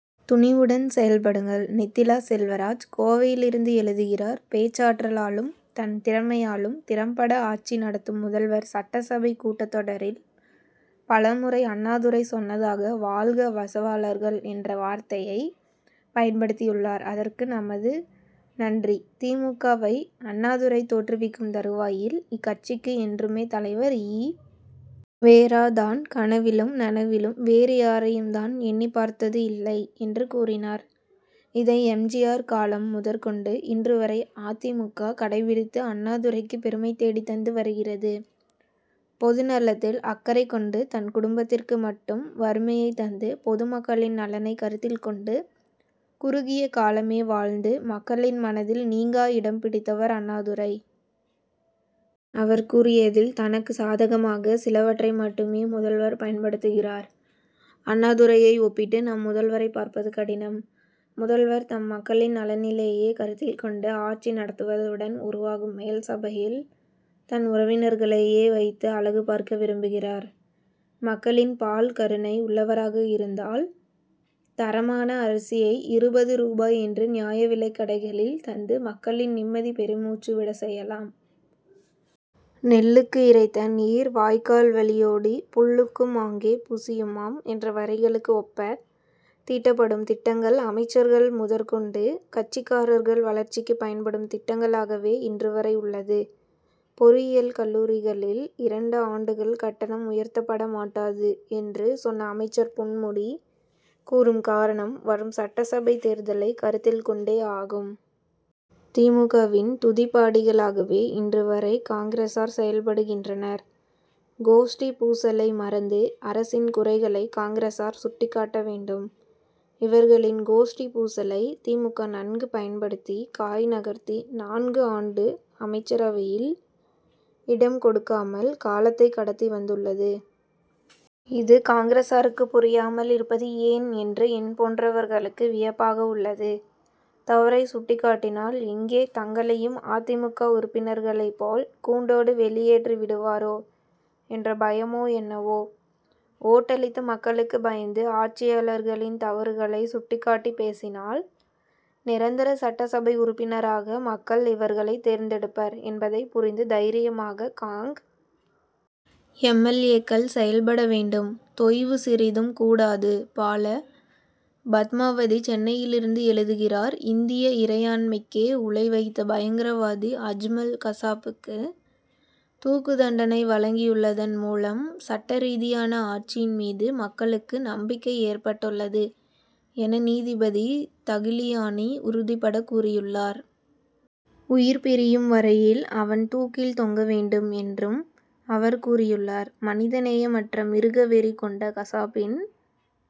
துணிவுடன் செயல்படுங்கள் நித்திலா செல்வராஜ் கோவையிலிருந்து எழுதுகிறார் பேச்சாற்றலாலும் தன் திறமையாலும் திறம்பட ஆட்சி நடத்தும் முதல்வர் சட்டசபை கூட்டத்தொடரில் பலமுறை அண்ணாதுரை சொன்னதாக வாழ்க வசவாளர்கள் என்ற வார்த்தையை பயன்படுத்தியுள்ளார் அதற்கு நமது நன்றி. தி. மு. க.வை அண்ணாதுரை தோற்றுவிக்கும் தறுவாயில் இக்கட்சிக்கு என்றுமே தலைவர் ஈ. வெ. ரா. தான் கனவிலும் நனவிலும் வேறு யாரையும் தான் எண்ணி பார்த்தது இல்லை என்று கூறினார். இதை எம். ஜி. ஆர். காலம் முதற்கொண்டு இன்று வரை அ. தி. மு. க. கடைபிடித்து அண்ணாதுரைக்கு பெருமை தேடி தந்து வருகிறது. பொதுநலத்தில் அக்கறை கொண்டு தன் குடும்பத்திற்கு மட்டும் வறுமையை தந்து பொதுமக்களின் நலனை கருத்தில் கொண்டு குறுகிய காலமே வாழ்ந்து மக்களின் மனதில் நீங்கா இடம் பிடித்தவர் அண்ணாதுரை. அவர் கூறியதில் தனக்கு சாதகமாக சிலவற்றை மட்டுமே முதல்வர் பயன்படுத்துகிறார். அண்ணாதுரையை ஒப்பிட்டு நம் முதல்வரை பார்ப்பது கடினம். முதல்வர் தம் மக்களின் நலனிலேயே கருத்தில் கொண்டு ஆட்சி நடத்துவதுடன் உருவாகும் மேல்சபையில் தன் உறவினர்களையே வைத்து அழகு பார்க்க விரும்புகிறார். மக்களின் பால் கருணை உள்ளவராக இருந்தால் தரமான அரிசியை இருபது ரூபாய் என்று நியாய விலைக் கடைகளில் தந்து மக்களை நிம்மதி பெருமூச்சு விட செய்யலாம். நெல்லுக்கு இரைத்த நீர் வாய்க்கால் வழியோடி புல்லுக்கும் ஆங்கே புசியுமாம் என்ற வரிகளுக்கு ஒப்ப தீட்டப்படும் திட்டங்கள் அமைச்சர்கள் முதற்கொண்டு கட்சிக்காரர்கள் வளர்ச்சிக்கு பயன்படும் திட்டங்களாகவே இன்று வரை உள்ளது. பொறியியல் கல்லூரிகளில் இரண்டு ஆண்டுகள் கட்டணம் உயர்த்தப்பட மாட்டாது என்று சொன்ன அமைச்சர் பொன்முடி கூறும் காரணம் வரும் சட்டசபை தேர்தலை கருத்தில் கொண்டே ஆகும். தி. மு. க.வின் துதிபாடிகளாகவே இன்று வரை காங்கிரசார் செயல்படுகின்றனர். கோஷ்டிப் பூசலை மறந்து அரசின் குறைகளை காங்கிரசார் சுட்டிக்காட்ட வேண்டும். இவர்களின் கோஷ்டிப் பூசலை தி. மு. க. நன்கு பயன்படுத்தி காய் நகர்த்தி நான்கு ஆண்டு அமைச்சரவையில் இடம் கொடுக்காமல் காலத்தை கடத்தி வந்துள்ளது. இது காங்கிரசாருக்கு புரியாமல் இருப்பது ஏன் என்று என்போன்றவர்களுக்கு வியப்பாக உள்ளது. தவறை சுட்டிக் காட்டினால் எங்கே தங்களையும் அ. தி. மு. க. உறுப்பினர்களை போல் கூண்டோடு வெளியேற்றி விடுவரோ என்ற பயமோ என்னவோ. ஓட்டளித்த மக்களுக்கு பயந்து ஆட்சியாளர்களின் தவறுகளை சுட்டிக்காட்டி பேசினால் நிரந்தர சட்டசபை உறுப்பினராக மக்கள் இவர்களை தேர்ந்தெடுப்பர் என்பதை புரிந்து தைரியமாக காங். எம். எல். ஏ.க்கள் செயல்பட வேண்டும். தொய்வு சிறிதும் கூடாது பால. பத்மாவதி சென்னையிலிருந்து எழுதுகிறார் இந்திய இறையாண்மைக்கே உலை வைத்த பயங்கரவாதி அஜ்மல் கசாபுக்கு தூக்குதண்டனை வழங்கியுள்ளதன் மூலம் சட்டரீதியான ஆட்சியின் மீது மக்களுக்கு நம்பிக்கை ஏற்பட்டுள்ளது என நீதிபதி தகிலியானி உறுதிபடக் கூறியுள்ளார். உயிர் பிரியும் வரையில் அவன் தூக்கில் தொங்க வேண்டும் என்றும் அவர் கூறியுள்ளார். மனித நேயமற்ற மிருகவெறி கொண்ட கசாபின்